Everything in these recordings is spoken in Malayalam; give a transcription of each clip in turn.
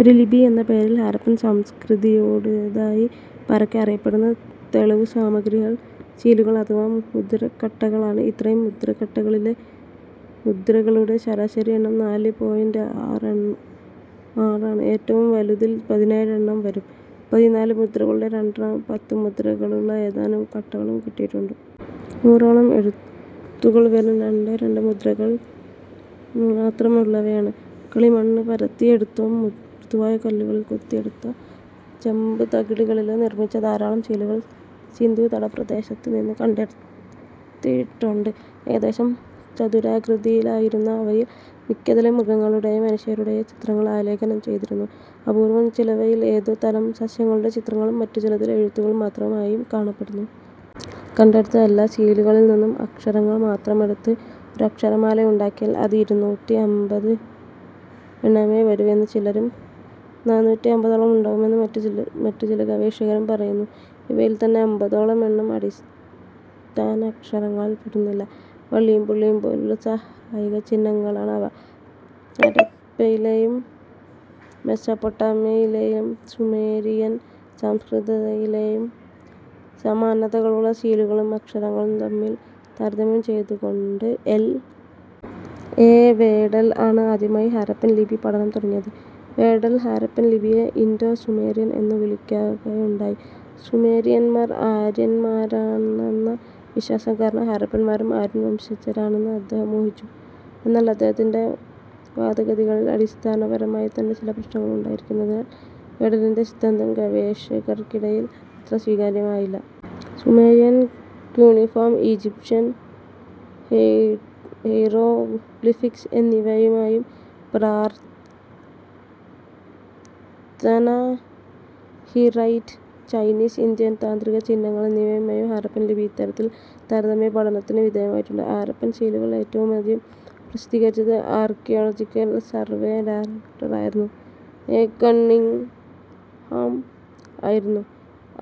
ഒരു ലിപി എന്ന പേരിൽ ഹാരപ്പൻ സംസ്കൃതിയുടേതായി പരക്കെ അറിയപ്പെടുന്ന തെളിവുസാമഗ്രികൾ സീലുകൾ അഥവാ മുദ്രക്കട്ടകൾ ആണ്. ഇത്രയും മുദ്രക്കട്ടകളിലെ മുദ്രകളുടെ ശരാശരി എണ്ണം നാല് പോയിന്റ് ആറ് ആണ്. ഏറ്റവും വലുതിൽ പതിനേഴ് എണ്ണം വരും. പതിനാലു മുദ്രകളുള്ള രണ്ടെണ്ണവും പത്ത് മുദ്രകളുള്ള ഏതാനും കട്ടകളും കിട്ടിയിട്ടുണ്ട്. നൂറോളം എഴുത്തുകൾ വെറും രണ്ടേ രണ്ട് മുദ്രകൾ മാത്രമുള്ളവയാണ്. കളിമണ്ണ് പരത്തിയെടുത്തോ, മൃദുവായ കല്ലുകളിൽ കൊത്തിയെടുത്തോ, ചെമ്പുതകിടുകളിലോ നിർമ്മിച്ച ധാരാളം സീലുകൾ സിന്ധുതടപ്രദേശത്തുനിന്ന് കണ്ടെത്തിയിട്ടുണ്ട്. ഏകദേശം ചതുരാകൃതിയിലായിരുന്ന അവയിൽ മിക്കതിലും മൃഗങ്ങളുടേയോ മനുഷ്യരുടേയോ ചിത്രങ്ങൾ ആലേഖനം ചെയ്തിരുന്നു. അപൂർവം ചിലവയിൽ ഏതോ തരം സസ്യങ്ങളുടെ ചിത്രങ്ങളും മറ്റു ചിലതിൽ എഴുത്തുകൾ മാത്രമായും കാണപ്പെടുന്നു. കണ്ടെടുത്ത എല്ലാ സീലുകളിൽനിന്നും അക്ഷരങ്ങൾ മാത്രമെടുത്ത് ഒരക്ഷരമാലയുണ്ടാക്കിയാൽ അത് ഇരുന്നൂറ്റി അമ്പത് എണ്ണമേ വരൂ എന്ന് ചിലരും നാനൂറ്റി അമ്പതോളം ഉണ്ടാവുമെന്ന് മറ്റു ചില ഗവേഷകരും പറയുന്നു. ഇവയിൽത്തന്നെ അമ്പതോളം എണ്ണം അടിസ്ഥാന അക്ഷരങ്ങളിൽപ്പെടുന്നില്ല. വള്ളിയും പുള്ളിയും പോലുള്ള സഹായക ചിഹ്നങ്ങളാണ് അവ. ഹരപ്പയിലേയും മെസോപൊട്ടേമിയയിലേയും സുമേരിയൻ സംസ്കൃതിയിലേയും സമാനതകളുള്ള സീലുകളും അക്ഷരങ്ങളും തമ്മിൽ താരതമ്യം ചെയ്തുകൊണ്ട് എൽ. എ. വേഡൽ ആണ് ആദ്യമായി ഹാരപ്പൻ ലിപി പഠനം തുടങ്ങിയത്. വേഡൽ ഹാരപ്പൻ ലിപിയെ ഇൻഡോ സുമേറിയൻ എന്നു വിളിക്കുകയുണ്ടായി. സുമേരിയന്മാർ ആര്യന്മാരാണെന്ന വിശ്വാസം കാരണം ഹാരപ്പന്മാരും ആര്യൻ വംശജരാണെന്ന് അദ്ദേഹം ഊഹിച്ചു. എന്നാൽ അദ്ദേഹത്തിൻ്റെ വാദഗതികളിൽ അടിസ്ഥാനപരമായിത്തന്നെ ചില പ്രശ്നങ്ങൾ ഉണ്ടായിരുന്നതിനാൽ വേഡലിൻ്റെ സിദ്ധാന്തം ഗവേഷകർക്കിടയിൽ അത്ര സ്വീകാര്യമായില്ല. സുമേരിയൻ കൂണിഫോം, ഈജിപ്ഷ്യൻ ഹേയ്റോഗ്ലിഫിക്സ് എന്നിവയുമായും പ്രാക്തന ഹിറൈറ്റ്, ചൈനീസ്, ഇന്ത്യൻ താന്ത്രിക ചിഹ്നങ്ങൾ എന്നിവയുമായും ഹാരപ്പൻ ലിപി ഇത്തരത്തിൽ താരതമ്യപഠനത്തിനു വിധേയമായിട്ടുണ്ട്. ഹാരപ്പൻ സീലുകൾ ഏറ്റവുമാദ്യം പ്രസിദ്ധീകരിച്ചത് ആർക്കിയോളജിക്കൽ സർവേ ഡയറക്റ്ററായിരുന്ന എ. കണ്ണിങ്ങ്ഹാം ആയിരുന്നു.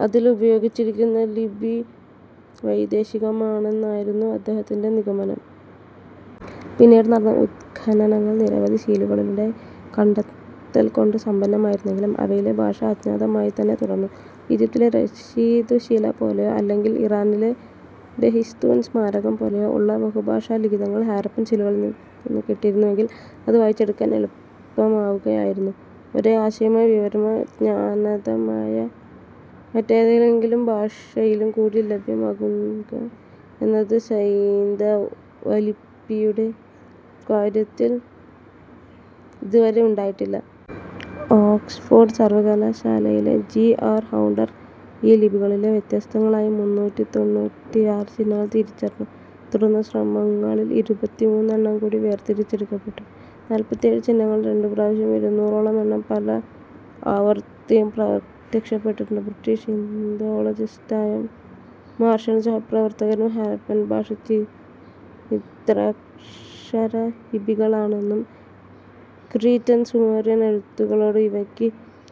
അതിൽ ഉപയോഗിച്ചിരിക്കുന്ന ലിപി വൈദേശികമാണെന്നായിരുന്നു അദ്ദേഹത്തിൻ്റെ നിഗമനം. പിന്നീട് നടന്ന ഉത്ഖനനങ്ങൾ നിരവധി സീലുകളുടെ കണ്ടെത്തൽകൊണ്ട് സമ്പന്നമായിരുന്നെങ്കിലും അവയിലെ ഭാഷ അജ്ഞാതമായിത്തന്നെ തുടർന്നു. ഈജിപ്തിലെ റഷീദു ശില പോലെയോ അല്ലെങ്കിൽ ഇറാനിലെ ബെഹിസ്തൂൻ സ്മാരകം പോലെയോ ഉള്ള ബഹുഭാഷാലിഖിതങ്ങൾ ഹരപ്പൻ സീലുകളിൽനിന്ന് കിട്ടിയിരുന്നുവെങ്കിൽ അത് വായിച്ചെടുക്കാൻ എളുപ്പമാകുമായിരുന്നു. ഒരേ ആശയമോ വിവരമോ ജ്ഞാതമായ മറ്റേതെങ്കിലും ഭാഷയിലുംകൂടി ലഭ്യമാകുകയെന്നത് സൈന്ധവലിപിയുടെ കാര്യത്തിൽ ഇതുവരെ ഉണ്ടായിട്ടില്ല. ഓക്സ്ഫോർഡ് സർവകലാശാലയിലെ ജി. ആർ. ഹൗണ്ടർ ഈ ലിപികളിലെ വ്യത്യസ്തങ്ങളായ മുന്നൂറ്റി തൊണ്ണൂറ്റിയാറ് ചിഹ്നങ്ങൾ തിരിച്ചറിഞ്ഞു. തുടർന്നുള്ള ശ്രമങ്ങളിൽ ഇരുപത്തിമൂന്ന് എണ്ണം കൂടി വേർതിരിച്ചെടുക്കപ്പെട്ടു. നാൽപ്പത്തിയേഴ് ചിഹ്നങ്ങൾ രണ്ട് പ്രാവശ്യവും ഇരുന്നൂറോളം എണ്ണം പല ആവർത്തിയും പ്രത്യക്ഷപ്പെട്ടിട്ടുണ്ട്. ബ്രിട്ടിഷ് ഇന്തോളജിസ്റ്റായ മാർഷലും സഹപ്രവർത്തകരും ഹരപ്പൻ ഭാഷ ചിത്രാക്ഷരലിപികളാണെന്നും ക്രീറ്റൻ സുമേറിയൻ എഴുത്തുകളോട് ഇവയ്ക്ക്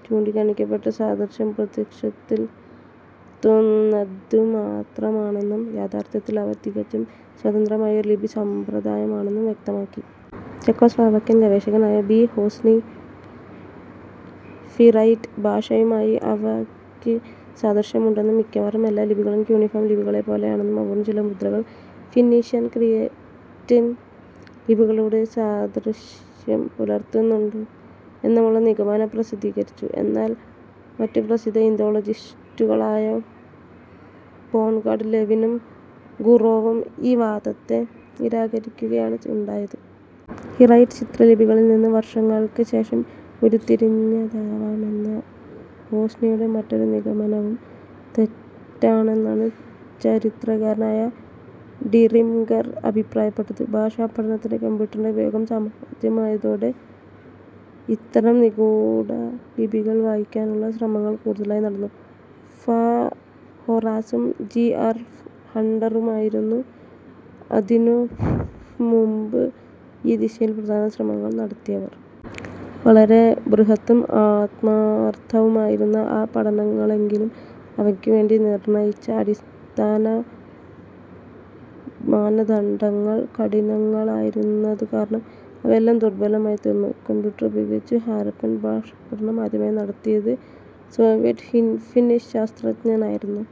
ചൂണ്ടിക്കാണിക്കപ്പെട്ട സാദൃശ്യം പ്രത്യക്ഷത്തിൽ തോന്നുന്നതുമാത്രമാണെന്നും യഥാർഥത്തിൽ അവ തികച്ചും സ്വതന്ത്രമായ ഒരു ലിപി സമ്പ്രദായമാണെന്നും വ്യക്തമാക്കി. ചെക്കോസ്ലാവാക്യൻ ഗവേഷകനായ ബി. ഹോസ്നി ഹിറൈറ്റ് ഭാഷയുമായി അവക്ക് സാദൃശ്യമുണ്ടെന്നും, മിക്കവാറും എല്ലാ ലിപികളും ക്യൂനിഫോം ലിപികളെപ്പോലെ ആണെന്നും അപൂർവം ചില മുദ്രകൾ ഫിന്നീഷ്യൻ ക്രീറ്റൻ ലിപികളോടും സാദൃശ്യം പുലർത്തുന്നുണ്ട് എന്നുമുള്ള നിഗമനം പ്രസിദ്ധീകരിച്ചു. എന്നാൽ മറ്റു പ്രസിദ്ധ ഇന്തോളജിസ്റ്റുകളായ ബോൺഗാഡ് ലെവിനും ഗുറോവും ഈ വാദത്തെ നിരാകരിക്കുകയാണ് ഉണ്ടായത്. ഹിറൈറ്റ് ചിത്രലിപികളിൽ നിന്ന് വർഷങ്ങൾക്കു ശേഷം ഉരുത്തിരിഞ്ഞതാവാമെന്ന ഹോസ്നിയുടെ മറ്റൊരു നിഗമനവും തെറ്റാണെന്നാണ് ചരിത്രകാരനായ ഡിറിംഗർ അഭിപ്രായപ്പെട്ടത്. ഭാഷാപഠനത്തിൽ കമ്പ്യൂട്ടറിൻ്റെ ഉപയോഗം സാധ്യമായതോടെ ഇത്തരം നിഗൂഢലിപികൾ വായിക്കാനുള്ള ശ്രമങ്ങൾ കൂടുതലായി നടന്നു. ഫാ. ഹൊറാസും ജി. ആർ. ഹണ്ടറുമായിരുന്നു അതിനു മുമ്പ് ഈ ദിശയിൽ പ്രധാന ശ്രമങ്ങൾ നടത്തിയവർ. വളരെ ബൃഹത്തും ആത്മാർഥവുമായിരുന്നു ആ പഠനങ്ങളെങ്കിലും അവക്കുവേണ്ടി നിർണയിച്ച അടിസ്ഥാനമാനദണ്ഡങ്ങൾ കഠിനങ്ങളായിരുന്നതുകാരണം അവയെല്ലാം ദുർബലമായിത്തീർന്നു. കമ്പ്യൂട്ടർ ഉപയോഗിച്ച് ഹാരപ്പൻ ഭാഷാ പഠനം ആദ്യമായി നടത്തിയത് സോവിയറ്റ് ഹിന്നി ഫിന്നിഷ് ശാസ്ത്രജ്ഞനായിരുന്നു.